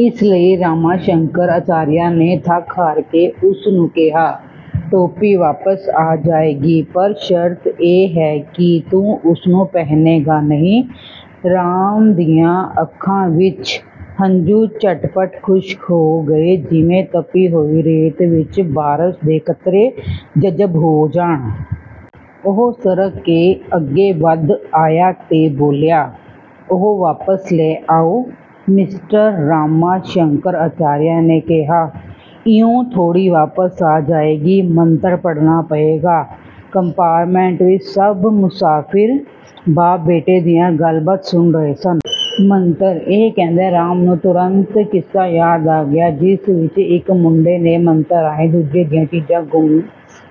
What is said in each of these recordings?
ਇਸ ਲਈ ਰਾਮਾ ਸ਼ੰਕਰ ਅਚਾਰੀਆ ਨੇ ਥੱਕ ਹਾਰ ਕੇ ਉਸ ਨੂੰ ਕਿਹਾ, "ਟੋਪੀ ਵਾਪਸ ਆ ਜਾਏਗੀ ਪਰ ਸ਼ਰਤ ਇਹ ਹੈ ਕਿ ਤੂੰ ਉਸ ਨੂੰ ਪਹਿਨੇਂਗਾ ਨਹੀਂ " ਰਾਮ ਦੀਆਂ ਅੱਖਾਂ ਵਿਚ ਹੰਝੂ ਝੱਟ-ਪੱਟ ਖੁਸ਼ਕ ਹੋ ਗਏ ਜਿਵੇਂ ਤਪੀ ਹੋਈ ਰੇਤ ਵਿਚ ਬਾਰਸ਼ ਦੇ ਕਤਰੇ ਜਜ਼ਬ ਹੋ ਜਾਣ। ਉਹ ਸਰਕ ਕੇ ਅੱਗੇ ਵਧ ਆਇਆ ਤੇ ਬੋਲਿਆ, "ਉਹ ਵਾਪਸ ਲੈ ਆਓ। " ਮਿਸਟਰ ਰਾਮਾ ਸ਼ੰਕਰ ਅਚਾਰੀਆ ਨੇ ਕਿਹਾ, "ਇਉਂ ਥੋੜ੍ਹੀ ਵਾਪਸ ਆ ਜਾਵੇਗੀ, ਮੰਤਰ ਪੜ੍ਹਨਾ ਪਏਗਾ। " ਕੰਪਾਰਟਮੈਂਟ ਵਿਚ ਸਭ ਮੁਸਾਫਿਰ ਬਾਪ ਬੇਟੇ ਦੀ ਗੱਲਬਾਤ ਸੁਣ ਰਹੇ ਸਨ। "ਮੰਤਰ", ਇਹ ਕਹਿੰਦਿਆਂ ਰਾਮ ਨੂੰ ਤੁਰੰਤ ਉਹ ਕਿੱਸਾ ਯਾਦ ਆ ਗਿਆ ਜਿਸ ਵਿਚ ਇਕ ਮੁੰਡੇ ਨੇ ਮੰਤਰ ਰਾਹੀਂ ਦੂਜਿਆਂ ਦੀਆਂ ਚੀਜ਼ਾਂ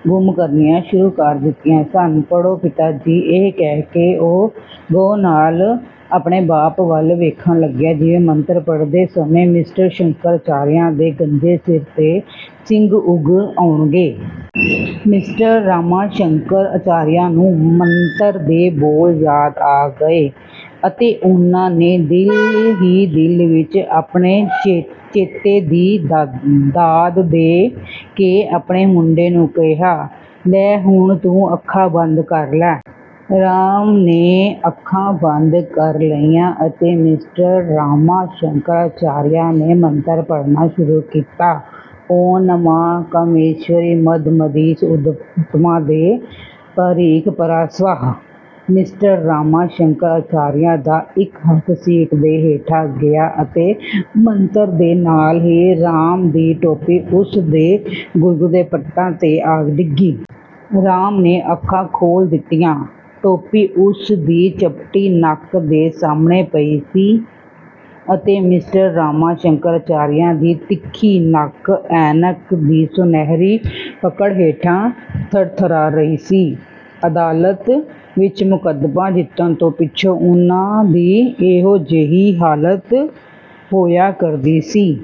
ਗੁੰਮ ਕਰਨੀਆਂ ਸ਼ੁਰੂ ਕਰ ਦਿੱਤੀਆਂ ਸਨ। "ਪੜ੍ਹੋ ਪਿਤਾ ਜੀ", ਇਹ ਕਹਿ ਕੇ ਉਹ ਗਹੁ ਨਾਲ ਆਪਣੇ ਬਾਪ ਵੱਲ ਦੇਖਣ ਲੱਗਿਆ ਜਿਵੇਂ ਮੰਤਰ ਪੜ੍ਹਦੇ ਸਮੇਂ ਮਿਸਟਰ ਸ਼ੰਕਰ ਆਚਾਰੀਆ ਦੇ ਗੰਜੇ ਸਿਰ 'ਤੇ ਸਿੰਗ ਉਗ ਆਉਣਗੇ। ਮਿਸਟਰ ਰਾਮਾ ਸ਼ੰਕਰ ਅਚਾਰੀਆ ਨੂੰ ਮੰਤਰ ਦੇ ਬੋਲ ਯਾਦ ਆ ਗਏ ਅਤੇ ਉਨ੍ਹਾਂ ਨੇ ਦਿਲ ਹੀ ਦਿਲ ਵਿਚ ਆਪਣੇ ਚੇਤੇ ਦੀ ਦਾਦ ਦੇ ਕੇ ਆਪਣੇ ਮੁੰਡੇ ਨੂੰ ਕਿਹਾ, "ਲੈ ਹੁਣ ਤੂੰ ਅੱਖਾਂ ਬੰਦ ਕਰ ਲੈ। " ਰਾਮ ਨੇ ਅੱਖਾਂ ਬੰਦ ਕਰ ਲਈਆਂ ਅਤੇ ਮਿਸਟਰ ਰਾਮਾ ਸ਼ੰਕਰ ਅਚਾਰੀਆ ਨੇ ਮੰਤਰ ਪੜ੍ਹਨਾ ਸ਼ੁਰੂ ਕੀਤਾ। "ਓਮ ਨਮਾ ਕਾਮੇਸ਼ਵਰੀ ਮਦ ਮਦੀਸ਼ ਓਤਮਾ ਦੇ ਭਰੀਂਗ ਪਰਾ ਸਵਾਹ", ਮਿਸਟਰ ਰਾਮਾ ਸ਼ੰਕਰ ਅਚਾਰੀਆ ਦਾ ਇਕ ਹੱਥ ਸੀਟ ਦੇ ਹੇਠਾਂ ਗਿਆ ਅਤੇ 'ਮੰਤਰ' ਦੇ ਨਾਲ ਹੀ ਰਾਮ ਦੀ ਟੋਪੀ ਉਸ ਦੇ ਗੁਦਗੁਦੇ ਪੱਟਾਂ 'ਤੇ ਆ ਡਿੱਗੀ। ਰਾਮ ਨੇ ਅੱਖਾਂ ਖੋਲ੍ਹ ਦਿੱਤੀਆਂ। ਟੋਪੀ ਉਸ ਦੀ ਚਪਟੀ ਨੱਕ ਦੇ ਸਾਹਮਣੇ ਪਈ ਸੀ ਅਤੇ ਮਿਸਟਰ ਰਾਮਾ ਸ਼ੰਕਰ ਅਚਾਰੀਆ ਦੀ ਤਿੱਖੀ ਨੱਕ ਐਨਕ ਦੀ ਸੁਨਹਿਰੀ ਪਕੜ ਹੇਠਾਂ ਥਰਥਰਾ ਰਹੀ ਸੀ। ਅਦਾਲਤ ਵਿਚ ਮੁਕੱਦਮਾ ਜਿੱਤਣ ਪਿੱਛੋਂ ਉਨ੍ਹਾਂ ਦੀ ਇਹੋ ਜਿਹੀ ਹਾਲਤ ਹੋਇਆ ਕਰਦੀ ਸੀ।